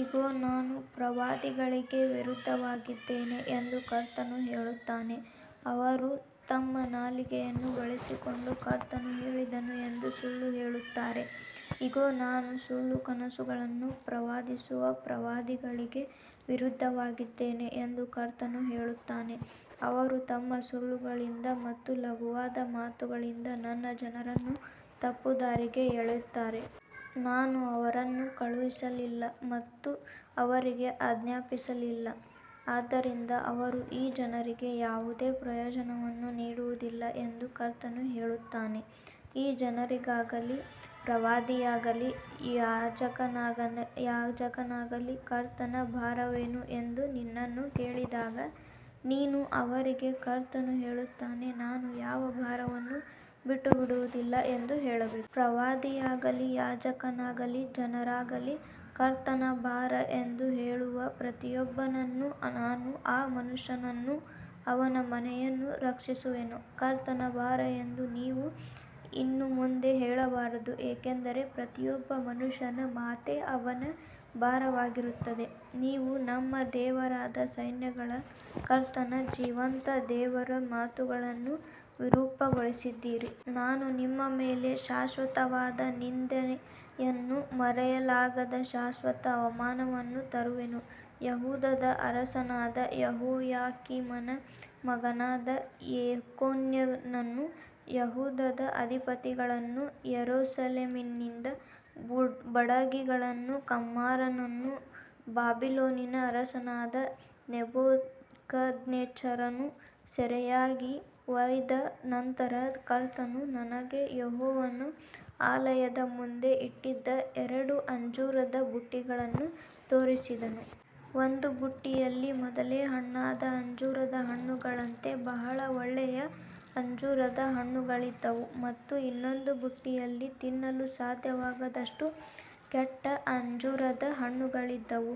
ಇಗೋ, ನಾನು ಪ್ರವಾದಿಗಳಿಗೆ ವಿರುದ್ಧವಾಗಿದ್ದೇನೆ ಎಂದು ಕರ್ತನು ಹೇಳುತ್ತಾನೆ, ಅವರು ತಮ್ಮ ನಾಲಿಗೆಯನ್ನು ಬಳಸಿಕೊಂಡು ಕರ್ತನು ಹೇಳಿದನು ಎಂದು ಸುಳ್ಳು ಹೇಳುತ್ತಾರೆ. ಇಗೋ, ನಾನು ಸುಳ್ಳು ಕನಸುಗಳನ್ನು ಪ್ರವಾದಿಸುವ ಪ್ರವಾದಿಗಳಿಗೆ ವಿರುದ್ಧವಾಗಿದ್ದೇನೆ ಎಂದು ಕರ್ತನು ಹೇಳುತ್ತಾನೆ. ಅವರು ತಮ್ಮ ಸುಳ್ಳುಗಳಿಂದ ಮತ್ತು ಲಘುವಾದ ಮಾತುಗಳಿಂದ ನನ್ನ ಜನರನ್ನು ತಪ್ಪುದಾರಿಗೆ ಎಳೆಯುತ್ತಾರೆ. ನಾನು ಅವರನ್ನು ಕಳುಹಿಸಲಿಲ್ಲ ಮತ್ತು ಅವರಿಗೆ ಆಜ್ಞಾಪಿಸಲಿಲ್ಲ, ಆದ್ದರಿಂದ ಅವರು ಈ ಜನರಿಗೆ ಯಾವುದೇ ಪ್ರಯೋಜನವನ್ನು ನೀಡುವುದಿಲ್ಲ ಎಂದು ಕರ್ತನು ಹೇಳುತ್ತಾನೆ. ಈ ಜನರಾಗಲಿ, ಪ್ರವಾದಿಯಾಗಲಿ, ಯಾಜಕನಾಗಲಿ, ಕರ್ತನ ಭಾರವೇನು ಎಂದು ನಿನ್ನನ್ನು ಕೇಳಿದಾಗ, ನೀನು ಅವರಿಗೆ ಕರ್ತನು ಹೇಳುತ್ತಾನೆ, ನಾನು ಯಾವ ಭಾರವನ್ನೂ ಬಿಟ್ಟುಬಿಡುವುದಿಲ್ಲ ಎಂದು ಹೇಳಬೇಕು. ಪ್ರವಾದಿಯಾಗಲಿ, ಯಾಜಕನಾಗಲಿ, ಜನರಾಗಲಿ, ಕರ್ತನ ಭಾರ ಎಂದು ಹೇಳುವ ಪ್ರತಿಯೊಬ್ಬನನ್ನೂ ನಾನು ಆ ಮನುಷ್ಯನನ್ನೂ ಅವನ ಮನೆಯನ್ನೂ ಶಿಕ್ಷಿಸುವೆನು. ಕರ್ತನ ಭಾರ ಎಂದು ನೀವು ಇನ್ನು ಮುಂದೆ ಹೇಳಬಾರದು, ಏಕೆಂದರೆ ಪ್ರತಿಯೊಬ್ಬ ಮನುಷ್ಯನ ಮಾತೇ ಅವನ ಭಾರವಾಗಿರುತ್ತದೆ, ನೀವು ನಮ್ಮ ದೇವರಾದ ಸೈನ್ಯಗಳ ಕರ್ತನ ಜೀವಂತ ದೇವರ ಮಾತುಗಳನ್ನು ವಿರೂಪಗೊಳಿಸಿದ್ದೀರಿ. ನಾನು ನಿಮ್ಮ ಮೇಲೆ ಶಾಶ್ವತವಾದ ನಿಂದೆಯನ್ನೂ ಮರೆಯಲಾಗದ ಶಾಶ್ವತ ಅವಮಾನವನ್ನೂ ತರುವೆನು. ಯೆಹೂದದ ಅರಸನಾದ ಯೆಹೋಯಾಕೀಮನ ಮಗನಾದ ಯೆಕೋನ್ಯನನ್ನೂ, ಯೆಹೂದದ ಅಧಿಪತಿಗಳನ್ನೂ, ಯೆರೂಸಲೇಮಿನಿಂದ ಬಡಗಿಗಳನ್ನೂ ಕಮ್ಮಾರರನ್ನೂ ಬಾಬಿಲೋನಿನ ಅರಸನಾದ ನೆಬೂಕದ್ನೆಚ್ಚರನು ಸೆರೆಯಾಗಿ ಒಯ್ದ ನಂತರ, ಕರ್ತನು ನನಗೆ ಯೆಹೋವನ ಆಲಯದ ಮುಂದೆ ಇಟ್ಟಿದ್ದ ಎರಡು ಅಂಜೂರದ ಬುಟ್ಟಿಗಳನ್ನು ತೋರಿಸಿದನು. ಒಂದು ಬುಟ್ಟಿಯಲ್ಲಿ ಮೊದಲೇ ಹಣ್ಣಾದ ಅಂಜೂರದ ಹಣ್ಣುಗಳಂತೆ ಬಹಳ ಒಳ್ಳೆಯ ಅಂಜೂರದ ಹಣ್ಣುಗಳಿದ್ದವು ಮತ್ತು ಇನ್ನೊಂದು ಬುಟ್ಟಿಯಲ್ಲಿ ತಿನ್ನಲು ಸಾಧ್ಯವಾಗದಷ್ಟು ಕೆಟ್ಟ ಅಂಜೂರದ ಹಣ್ಣುಗಳಿದ್ದವು.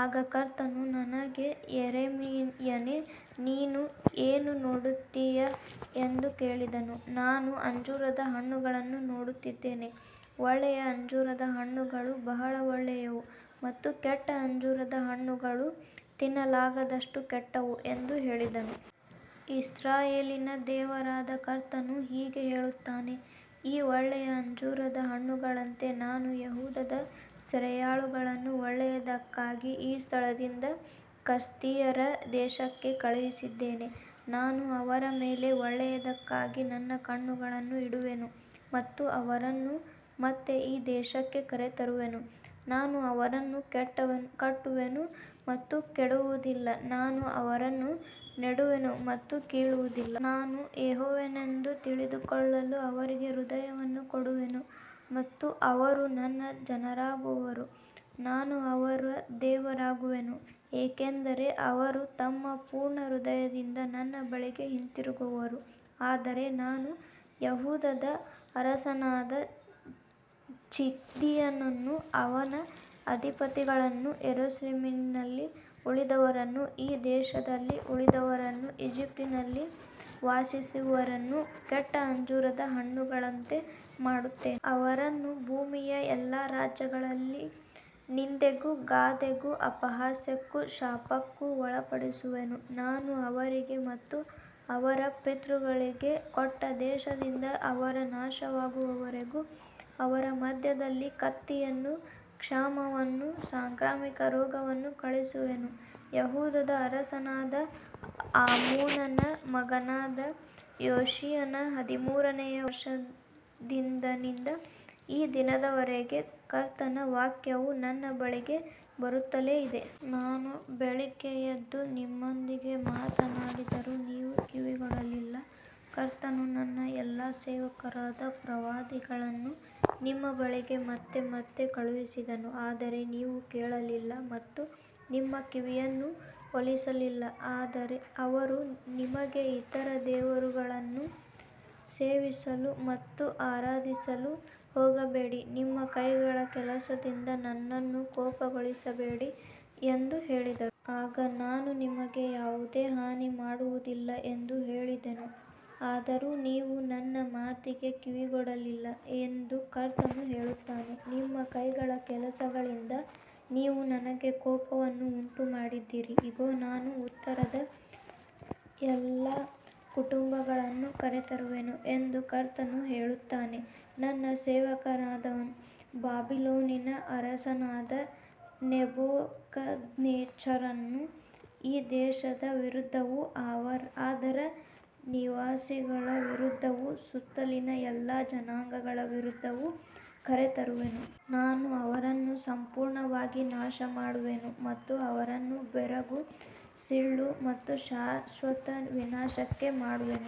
ಆಗ ಕರ್ತನು ನನಗೆ ಯೆರೆಮೀಯನೇ, ನೀನು ಏನು ನೋಡುತ್ತೀಯ ಎಂದು ಕೇಳಿದನು. ನಾನು ಅಂಜೂರದ ಹಣ್ಣುಗಳನ್ನು ನೋಡುತ್ತೇನೆ, ಒಳ್ಳೆಯ ಅಂಜೂರದ ಹಣ್ಣುಗಳು ಬಹಳ ಒಳ್ಳೆಯವು ಮತ್ತು ಕೆಟ್ಟ ಅಂಜೂರದ ಹಣ್ಣುಗಳು ತಿನ್ನಲಾಗದಷ್ಟು ಕೆಟ್ಟವು ಎಂದು ಹೇಳಿದೆನು. ಇಸ್ರಾಯೇಲಿನ ದೇವರಾದ ಕರ್ತನು ಹೀಗೆ ಹೇಳುತ್ತಾನೆ, ಈ ಒಳ್ಳೆಯ ಅಂಜೂರದ ಹಣ್ಣುಗಳಂತೆ ನಾನು ಯೆಹೂದದ ಸೆರೆಯಾಳುಗಳನ್ನು ಒಳ್ಳೆಯದಕ್ಕಾಗಿ ಈ ಸ್ಥಳದಿಂದ ಕಸ್ದೀಯರ ದೇಶಕ್ಕೆ ಕಳುಹಿಸಿದ್ದೇನೆ. ನಾನು ಅವರ ಮೇಲೆ ಒಳ್ಳೆಯದಕ್ಕಾಗಿ ನನ್ನ ಕಣ್ಣುಗಳನ್ನು ಇಡುವೆನು ಮತ್ತು ಅವರನ್ನು ಮತ್ತೆ ಈ ದೇಶಕ್ಕೆ ಕರೆತರುವೆನು. ನಾನು ಅವರನ್ನು ಕಟ್ಟುವೆನು ಮತ್ತು ಕೆಡವುವುದಿಲ್ಲ, ನಾನು ಅವರನ್ನು ನೆಡುವೆನು ಮತ್ತು ಕೀಳುವುದಿಲ್ಲ. ನಾನು ಯೆಹೋವನೆಂದು ತಿಳಿದುಕೊಳ್ಳಲು ಅವರಿಗೆ ಹೃದಯವನ್ನು ಕೊಡುವೆನು ಮತ್ತು ಅವರು ನನ್ನ ಜನರಾಗುವರು, ನಾನು ಅವರ ದೇವರಾಗಿರುವೆನು, ಏಕೆಂದರೆ ಅವರು ತಮ್ಮ ಪೂರ್ಣ ಹೃದಯದಿಂದ ನನ್ನ ಬಳಿಗೆ ಹಿಂತಿರುಗುವರು. ಆದರೆ ನಾನು ಯೆಹೂದದ ಅರಸನಾದ ಚಿದ್ಕೀಯನನ್ನೂ ಅವನ ಅಧಿಪತಿಗಳನ್ನೂ ಯೆರೂಸಲೇಮಿನಲ್ಲಿ ಉಳಿದವರನ್ನೂ ಈ ದೇಶದಲ್ಲಿ ಉಳಿದವರನ್ನೂ ಈಜಿಪ್ಟಿನಲ್ಲಿ ವಾಸಿಸುವವರನ್ನೂ ಕೆಟ್ಟ ಅಂಜೂರದ ಹಣ್ಣುಗಳಂತೆ ಮಾಡುತ್ತೇನೆ. ಅವರನ್ನು ಭೂಮಿಯ ಎಲ್ಲಾ ರಾಜ್ಯಗಳಲ್ಲಿ ನಿಂದೆಗೂ ಗಾದೆಗೂ ಅಪಹಾಸ್ಯಕ್ಕೂ ಶಾಪಕ್ಕೂ ಒಳಪಡಿಸುವೆನು. ನಾನು ಅವರಿಗೆ ಮತ್ತು ಅವರ ಪಿತೃಗಳಿಗೆ ಕೊಟ್ಟ ದೇಶದಿಂದ ಅವರು ನಾಶವಾಗುವವರೆಗೂ ಅವರ ಮಧ್ಯದಲ್ಲಿ ಕತ್ತಿಯನ್ನೂ ಕ್ಷಾಮವನ್ನೂ ಸಾಂಕ್ರಾಮಿಕ ರೋಗವನ್ನೂ ಕಳುಹಿಸುವೆನು. ಯೆಹೂದದ ಅರಸನಾದ ಆಮೋನನ ಮಗನಾದ ಯೋಷೀಯನ ಹದಿಮೂರನೆಯ ವರ್ಷದಂದಿನಿಂದ ಈ ದಿನದವರೆಗೆ ಕರ್ತನ ವಾಕ್ಯವು ನನ್ನ ಬಳಿಗೆ ಬರುತ್ತಲೇ ಇದೆ. ನಾನು ಬೆಳಿಗ್ಗೆ ಎದ್ದು ನಿಮ್ಮೊಂದಿಗೆ ಮಾತನಾಡಿದರೂ ನೀವು ಕಿವಿಗೊಡಲಿಲ್ಲ. ಕರ್ತನು ತನ್ನ ಎಲ್ಲಾ ಸೇವಕರಾದ ಪ್ರವಾದಿಗಳನ್ನು ನಿಮ್ಮ ಬಳಿಗೆ ಮತ್ತೆ ಮತ್ತೆ ಕಳುಹಿಸಿದನು, ಆದರೆ ನೀವು ಕೇಳಲಿಲ್ಲ ಮತ್ತು ನಿಮ್ಮ ಕಿವಿಯನ್ನು ಒಲಿಸಲಿಲ್ಲ. ಅವರು ನಿಮಗೆ ಇತರ ದೇವರುಗಳನ್ನು ಸೇವಿಸಲು ಮತ್ತು ಆರಾಧಿಸಲು ಹೋಗಬೇಡಿ, ನಿಮ್ಮ ಕೈಗಳ ಕೆಲಸಗಳಿಂದ ನನ್ನನ್ನು ಕೋಪಗೊಳಿಸಬೇಡಿ ಎಂದು ಹೇಳಿದರು. ಆಗ ನಾನು ನಿಮಗೆ ಯಾವುದೇ ಹಾನಿ ಮಾಡುವುದಿಲ್ಲ ಎಂದು ಹೇಳಿದೆನು. ಆದರೂ ನೀವು ನನ್ನ ಮಾತಿಗೆ ಕಿವಿಗೊಡಲಿಲ್ಲ ಎಂದು ಕರ್ತನು ಹೇಳುತ್ತಾನೆ, ನಿಮ್ಮ ಕೈಗಳ ಕೆಲಸಗಳಿಂದ ನೀವು ನನಗೆ ಕೋಪವನ್ನು ಉಂಟುಮಾಡಿದ್ದೀರಿ. ಇಗೋ, ನಾನು ಉತ್ತರದ ಎಲ್ಲಾ ಕುಟುಂಬಗಳನ್ನು ಕರೆತರುವೆನು ಎಂದು ಕರ್ತನು ಹೇಳುತ್ತಾನೆ. ನನ್ನ ಸೇವಕನಾದ ಬಾಬಿಲೋನಿನ ಅರಸನಾದ ನೆಬೂಕದ್ನೆಚ್ಚರನನ್ನು ಈ ದೇಶದ ವಿರುದ್ಧವೂ ಅದರ ನಿವಾಸಿಗಳ ವಿರುದ್ಧವೂ ಸುತ್ತಲಿನ ಎಲ್ಲಾ ಜನಾಂಗಗಳ ವಿರುದ್ಧವೂ ಕರೆತರುವೆನು. ನಾನು ಅವರನ್ನು ಸಂಪೂರ್ಣವಾಗಿ ನಾಶಮಾಡುವೆನು ಮತ್ತು ಅವರನ್ನು ಬೆರಗು, ಸಿಳ್ಳು ಮತ್ತು ಶಾಶ್ವತ ವಿನಾಶಕ್ಕೆ ಮಾಡುವೆನು.